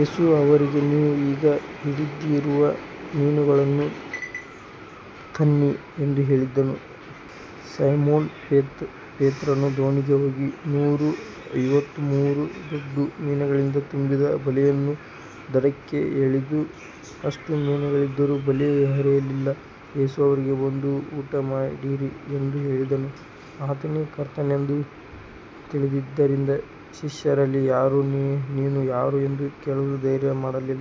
ಯೇಸು ಅವರಿಗೆ, ನೀವು ಈಗ ಹಿಡಿದಿರುವ ಮೀನುಗಳನ್ನು ತನ್ನಿ ಎಂದು ಹೇಳಿದನು. ಸೈಮೋನ ಪೇತ್ರನು ದೋಣಿಗೆ ಹೋಗಿ ನೂರ ಐವತ್ತಮೂರು ದೊಡ್ಡ ಮೀನುಗಳಿಂದ ತುಂಬಿದ ಬಲೆಯನ್ನು ದಡಕ್ಕೆ ಎಳೆದನು. ಅಷ್ಟು ಮೀನುಗಳಿದ್ದರೂ ಬಲೆ ಹರಿಯಲಿಲ್ಲ. ಯೇಸು ಅವರಿಗೆ, ಬಂದು ಊಟಮಾಡಿರಿ ಎಂದು ಹೇಳಿದನು. ಆತನೇ ಕರ್ತನೆಂದು ತಿಳಿದಿದ್ದರಿಂದ ಶಿಷ್ಯರಲ್ಲಿ ಯಾರೂ, ನೀನು ಯಾರು ಎಂದು ಕೇಳಲು ಧೈರ್ಯ ಮಾಡಲಿಲ್ಲ.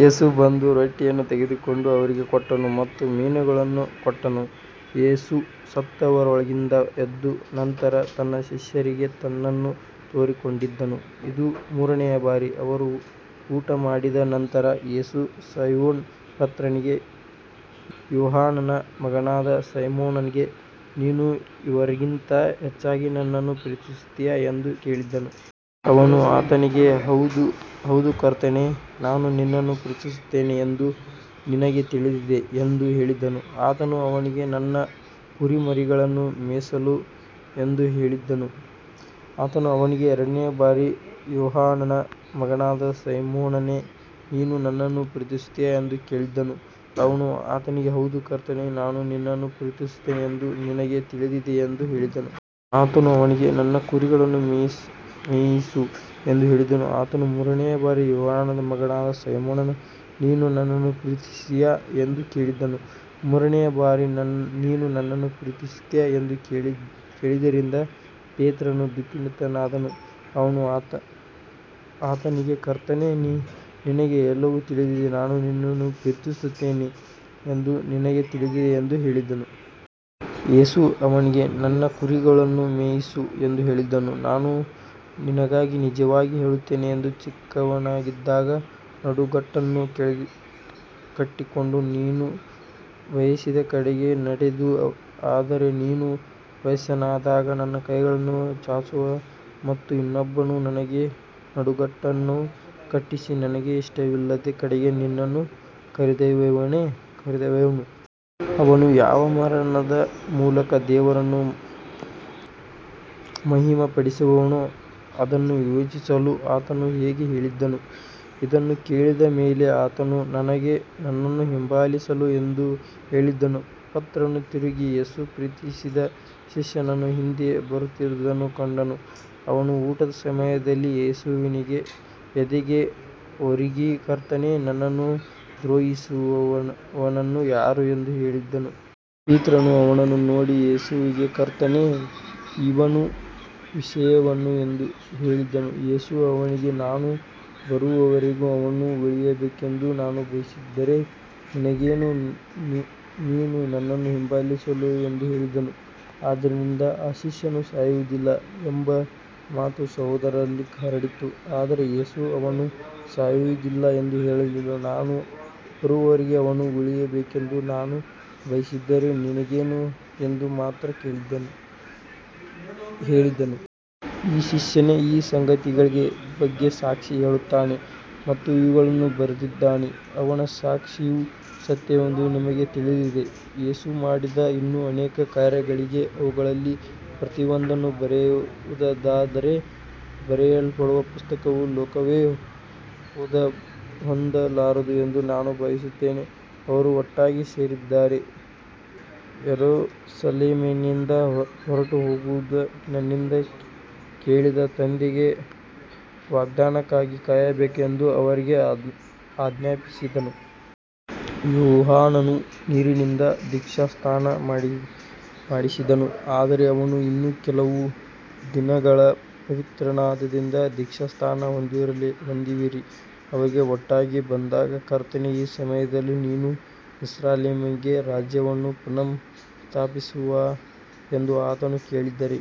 ಯೇಸು ಬಂದು ರೊಟ್ಟಿಯನ್ನು ತೆಗೆದುಕೊಂಡು ಅವರಿಗೆ ಕೊಟ್ಟನು ಮತ್ತು ಮೀನುಗಳನ್ನೂ ಕೊಟ್ಟನು. ಯೇಸು ಸತ್ತವರೊಳಗಿಂದ ಎದ್ದ ನಂತರ ತನ್ನ ಶಿಷ್ಯರಿಗೆ ತನ್ನನ್ನು ತೋರಿಸಿಕೊಂಡದ್ದು ಇದು ಮೂರನೆಯ ಬಾರಿ. ಅವರು ಊಟಮಾಡಿದ ನಂತರ ಯೇಸು ಸೈಮೋನ ಪೇತ್ರನಿಗೆ, ಯೋಹಾನನ ಮಗನಾದ ಸೈಮೋನನೇ, ನೀನು ಇವರಿಗಿಂತ ಹೆಚ್ಚಾಗಿ ನನ್ನನ್ನು ಪ್ರೀತಿಸುತ್ತೀಯಾ ಎಂದು ಕೇಳಿದನು. ಅವನು ಆತನಿಗೆ, ಹೌದು ಕರ್ತನೇ, ನಾನು ನಿನ್ನನ್ನು ಪ್ರೀತಿಸುತ್ತೇನೆ ಎಂದು ನಿನಗೆ ತಿಳಿದಿದೆ ಎಂದು ಹೇಳಿದನು. ಆತನು ಅವನಿಗೆ, ನನ್ನ ಕುರಿಮರಿಗಳನ್ನು ಮೇಯಿಸು ಎಂದು ಹೇಳಿದನು. ಆತನು ಅವನಿಗೆ ಎರಡನೆಯ ಬಾರಿ, ಯೋಹಾನನ ಮಗನಾದ ಸೈಮೋನನೇ, ನೀನು ನನ್ನನ್ನು ಪ್ರೀತಿಸುತ್ತೀಯಾ ಎಂದು ಕೇಳಿದನು. ಅವನು ಆತನಿಗೆ, ಹೌದು ಕರ್ತನೇ, ನಾನು ನಿನ್ನನ್ನು ಪ್ರೀತಿಸುತ್ತೇನೆ ಎಂದು ನಿನಗೆ ತಿಳಿದಿದೆ ಎಂದು ಹೇಳಿದನು. ಆತನು ಅವನಿಗೆ, ನನ್ನ ಕುರಿಗಳನ್ನು ಮೇಯಿಸು ಎಂದು ಹೇಳಿದನು. ಆತನು ಮೂರನೆಯ ಬಾರಿ, ಯೋಹಾನನ ಮಗನಾದ ಸೈಮೋನನೇ, ನೀನು ನನ್ನನ್ನು ಪ್ರೀತಿಸುತ್ತೀಯಾ ಎಂದು ಕೇಳಿದನು. ಮೂರನೆಯ ಬಾರಿ ನೀನು ನನ್ನನ್ನು ಪ್ರೀತಿಸುತ್ತೀಯಾ ಎಂದು ಕೇಳಿದ್ದರಿಂದ ಪೇತ್ರನು ದುಃಖಿತನಾದನು. ಅವನು ಆತನಿಗೆ, ಕರ್ತನೇ, ನಿನಗೆ ಎಲ್ಲವೂ ತಿಳಿದಿದೆ, ನಾನು ನಿನ್ನನ್ನು ಪ್ರೀತಿಸುತ್ತೇನೆ ಎಂದು ನಿನಗೆ ತಿಳಿದಿದೆ ಎಂದು ಹೇಳಿದನು. ಯೇಸು ಅವನಿಗೆ, ನನ್ನ ಕುರಿಗಳನ್ನು ಮೇಯಿಸು ಎಂದು ಹೇಳಿದನು. ನಾನು ನಿನಗೆ ನಿಜವಾಗಿ ಹೇಳುತ್ತೇನೆ, ನೀನು ಚಿಕ್ಕವನಾಗಿದ್ದಾಗ ನಡುಗಟ್ಟನ್ನು ಕಟ್ಟಿಕೊಂಡು ನೀನು ಬಯಸಿದ ಕಡೆಗೆ ನಡೆದೆ, ಆದರೆ ನೀನು ವಯಸ್ಸಾದಾಗ ನಿನ್ನ ಕೈಗಳನ್ನು ಚಾಚುವೆ ಮತ್ತು ಇನ್ನೊಬ್ಬನು ನಿನಗೆ ನಡುಗಟ್ಟನ್ನು ಕಟ್ಟಿಸಿ, ನಿನಗೆ ಇಷ್ಟವಿಲ್ಲದ ಕಡೆಗೆ ನಿನ್ನನ್ನು ಕರೆದೊಯ್ಯುವನು. ಅವನು ಯಾವ ಮರಣದ ಮೂಲಕ ದೇವರನ್ನು ಮಹಿಮೆಪಡಿಸುವನೋ ಅದನ್ನು ಸೂಚಿಸಲು ಆತನು ಹೀಗೆ ಹೇಳಿದನು. ಇದನ್ನು ಹೇಳಿದ ಮೇಲೆ ಆತನು ಅವನಿಗೆ, ನನ್ನನ್ನು ಹಿಂಬಾಲಿಸು ಎಂದು ಹೇಳಿದನು. ಪೇತ್ರನು ತಿರುಗಿ ಯೇಸು ಪ್ರೀತಿಸಿದ ಶಿಷ್ಯನು ಹಿಂದೆ ಬರುತ್ತಿರುವುದನ್ನು ಕಂಡನು. ಅವನು ಊಟದ ಸಮಯದಲ್ಲಿ ಯೇಸುವಿನ ಎದೆಗೆ ಒರಗಿ, ಕರ್ತನೇ, ನಿನ್ನನ್ನು ದ್ರೋಹಿಸುವವನು ಯಾರು ಎಂದು ಕೇಳಿದವನು. ಪೇತ್ರನು ಅವನನ್ನು ನೋಡಿ ಯೇಸುವಿಗೆ, ಕರ್ತನೇ, ಇವನ ವಿಷಯವೇನು ಎಂದು ಕೇಳಿದನು. ಯೇಸು ಅವನಿಗೆ, ನಾನು ಬರುವವರೆಗೂ ಅವನು ಉಳಿಯಬೇಕೆಂದು ನಾನು ಬಯಸಿದರೆ ನಿನಗೇನು, ನೀನು ನನ್ನನ್ನು ಹಿಂಬಾಲಿಸು ಎಂದು ಹೇಳಿದನು. ಆದ್ದರಿಂದ ಆ ಶಿಷ್ಯನು ಸಾಯುವುದಿಲ್ಲ ಎಂಬ ಮಾತು ಸಹೋದರರಲ್ಲಿ ಹರಡಿತು. ಆದರೆ ಯೇಸು ಅವನು ಸಾಯುವುದಿಲ್ಲ ಎಂದು ಹೇಳಲಿಲ್ಲ, ನಾನು ಬರುವವರೆಗೂ ಅವನು ಉಳಿಯಬೇಕೆಂದು ನಾನು ಬಯಸಿದರೆ ನಿನಗೇನು ಎಂದು ಮಾತ್ರ ಹೇಳಿದನು. ಈ ಶಿಷ್ಯನೇ ಈ ಸಂಗತಿಗಳ ಬಗ್ಗೆ ಸಾಕ್ಷಿ ಹೇಳುತ್ತಾನೆ ಮತ್ತು ಇವುಗಳನ್ನು ಬರೆದಿದ್ದಾನೆ. ಅವನ ಸಾಕ್ಷಿಯು ಸತ್ಯವೆಂದು ನಮಗೆ ತಿಳಿದಿದೆ. ಯೇಸು ಮಾಡಿದ ಇನ್ನೂ ಅನೇಕ ಕಾರ್ಯಗಳಿವೆ. ಅವುಗಳಲ್ಲಿ ಪ್ರತಿಯೊಂದನ್ನೂ ಬರೆಯುವುದಾದರೆ, ಬರೆಯಲ್ಪಡುವ ಪುಸ್ತಕಗಳನ್ನು ಲೋಕವೇ ಹೊಂದಲಾರದು ಎಂದು ನಾನು ಭಾವಿಸುತ್ತೇನೆ. ಅವರು ಒಟ್ಟಾಗಿ ಸೇರಿದ್ದಾಗ, ಯೆರೂಸಲೇಮಿನಿಂದ ಹೊರಟುಹೋಗದೆ, ನನ್ನಿಂದ ಕೇಳಿದ ತಂದೆಯ ವಾಗ್ದಾನಕ್ಕಾಗಿ ಕಾಯಬೇಕೆಂದು ಅವರಿಗೆ ಆಜ್ಞಾಪಿಸಿದನು. ಯೋಹಾನನು ನೀರಿನಿಂದ ದೀಕ್ಷಾಸ್ನಾನ ಮಾಡಿಸಿದನು, ಆದರೆ ನೀವು ಇನ್ನೂ ಕೆಲವು ದಿನಗಳಲ್ಲಿ ಪವಿತ್ರಾತ್ಮದಿಂದ ದೀಕ್ಷಾಸ್ನಾನ ಹೊಂದುವಿರಿ. ಅವರು ಒಟ್ಟಾಗಿ ಬಂದಾಗ, ಕರ್ತನೇ, ಈ ಸಮಯದಲ್ಲಿ ನೀನು ಇಸ್ರಾಯೇಲಿಗೆ ರಾಜ್ಯವನ್ನು ಪುನಃ ಸ್ಥಾಪಿಸುವೆಯಾ ಎಂದು ಆತನನ್ನು ಕೇಳಿದರು.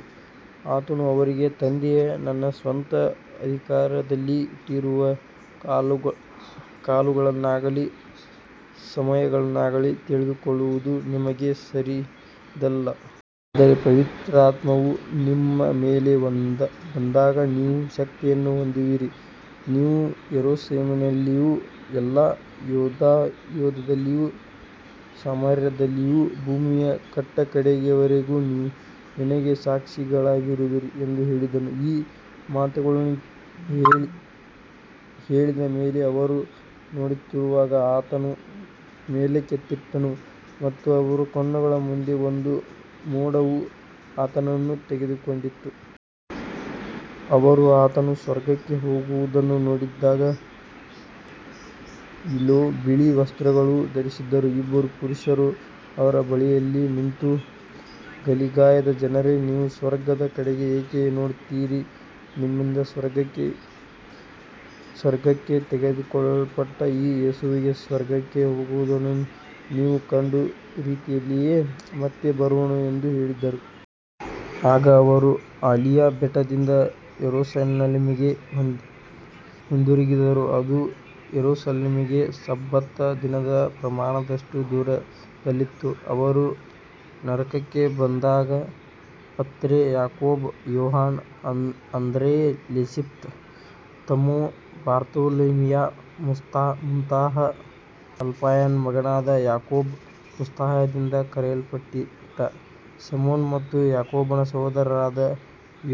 ಆತನು ಅವರಿಗೆ, ತಂದೆಯು ತನ್ನ ಸ್ವಂತ ಅಧಿಕಾರದಲ್ಲಿ ಇಟ್ಟಿರುವ ಕಾಲಗಳನ್ನಾಗಲಿ ಸಮಯಗಳನ್ನಾಗಲಿ ತಿಳಿದುಕೊಳ್ಳುವುದು ನಿಮಗೆ ಸೇರಿದ್ದಲ್ಲ. ಆದರೆ ಪವಿತ್ರಾತ್ಮವು ನಿಮ್ಮ ಮೇಲೆ ಬಂದಾಗ ನೀವು ಶಕ್ತಿಯನ್ನು ಹೊಂದುವಿರಿ. ನೀವು ಯೆರೂಸಲೇಮಿನಲ್ಲಿಯೂ ಎಲ್ಲಾ ಯೂದಾಯದಲ್ಲಿಯೂ ಸಮಾರ್ಯದಲ್ಲಿಯೂ ಭೂಮಿಯ ಕಟ್ಟಕಡೆಯವರೆಗೂ ನನಗೆ ಸಾಕ್ಷಿಗಳಾಗಿರುವಿರಿ ಎಂದು ಹೇಳಿದನು. ಈ ಮಾತುಗಳನ್ನು ಹೇಳಿದ ಮೇಲೆ ಅವರು ನೋಡುತ್ತಿರುವಾಗ ಆತನು ಮೇಲಕ್ಕೆತ್ತಲ್ಪಟ್ಟನು ಮತ್ತು ಅವರ ಕಣ್ಣುಗಳ ಮುಂದೆ ಒಂದು ಮೋಡವು ಆತನನ್ನು ತೆಗೆದುಕೊಂಡಿತು. ಅವರು ಆತನು ಸ್ವರ್ಗಕ್ಕೆ ಹೋಗುವುದನ್ನು ನೋಡುತ್ತಿದ್ದಾಗ, ಇಗೋ, ಬಿಳಿ ವಸ್ತ್ರಗಳನ್ನು ಧರಿಸಿದ ಇಬ್ಬರು ಪುರುಷರು ಅವರ ಬಳಿಯಲ್ಲಿ ನಿಂತು, ಗಲಿಲಾಯದ ಜನರೇ, ನೀವು ಸ್ವರ್ಗದ ಕಡೆಗೆ ಏಕೆ ನೋಡುತ್ತೀರಿ. ನಿಮ್ಮಿಂದ ಸ್ವರ್ಗಕ್ಕೆ ತೆಗೆದುಕೊಳ್ಳಲ್ಪಟ್ಟ ಈ ಯೇಸುವು ಸ್ವರ್ಗಕ್ಕೆ ಹೋಗುವುದನ್ನು ನೀವು ಕಂಡ ರೀತಿಯಲ್ಲಿಯೇ ಮತ್ತೆ ಬರುವನು ಎಂದು ಹೇಳಿದರು. ಆಗ ಅವರು ಆಲಿವ್ ಬೆಟ್ಟದಿಂದ ಯೆರೂಸಲೇಮಿಗೆ ಹಿಂದಿರುಗಿದರು. ಅದು ಯೆರೂಸಲೇಮಿಗೆ ಸಬ್ಬತ್ ದಿನದ ಪ್ರಯಾಣದಷ್ಟು ದೂರದಲ್ಲಿತ್ತು. ಅವರು ನಗರಕ್ಕೆ ಬಂದಾಗ ಪೇತ್ರ, ಯಾಕೋಬ, ಯೋಹಾನ, ಅಂದ್ರೆಯ, ಫಿಲಿಪ್ಪ, ತೋಮ, ಬಾರ್ತಲೋಮಾಯ, ಮತ್ತಾಯ, ಅಲ್ಫಾಯನ ಮಗನಾದ ಯಾಕೋಬ, ಉತ್ಸಾಹಿಯೆಂದು ಕರೆಯಲ್ಪಟ್ಟ ಸಿಮೋನ ಮತ್ತು ಯಾಕೋಬನ ಸಹೋದರನಾದ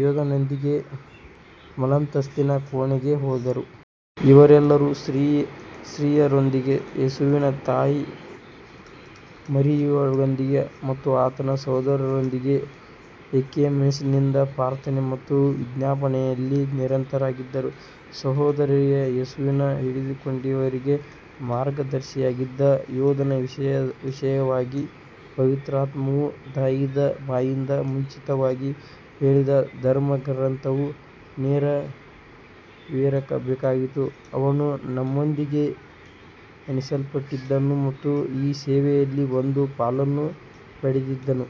ಯೂದನೊಂದಿಗೆ ಮೇಲಂತಸ್ತಿನ ಕೋಣೆಗೆ ಹೋದರು. ಇವರೆಲ್ಲರೂ ಸ್ತ್ರೀಯರೊಂದಿಗೆ, ಯೇಸುವಿನ ತಾಯಿ ಮರಿಯಳೊಂದಿಗೆ ಮತ್ತು ಆತನ ಸಹೋದರರೊಂದಿಗೆ ಏಕಮನಸ್ಸಿನಿಂದ ಪ್ರಾರ್ಥನೆ ಮತ್ತು ವಿಜ್ಞಾಪನೆಯಲ್ಲಿ ನಿರತರಾಗಿದ್ದರು. ಸಹೋದರರೇ, ಯೇಸುವನ್ನು ಹಿಡಿದುಕೊಂಡವರಿಗೆ ಮಾರ್ಗದರ್ಶಿಯಾಗಿದ್ದ ಯೂದನ ವಿಷಯವಾಗಿ ಪವಿತ್ರಾತ್ಮನು ದಾವೀದನ ಬಾಯಿಂದ ಮುಂಚಿತವಾಗಿ ಹೇಳಿದ ಧರ್ಮಗ್ರಂಥವು ನೆರವೇರಬೇಕಾಗಿತ್ತು. ಅವನು ನಮ್ಮೊಂದಿಗೆ ಎಣಿಸಲ್ಪಟ್ಟಿದ್ದನು ಮತ್ತು ಈ ಸೇವೆಯಲ್ಲಿ ಒಂದು ಪಾಲನ್ನು ಪಡೆದಿದ್ದನು.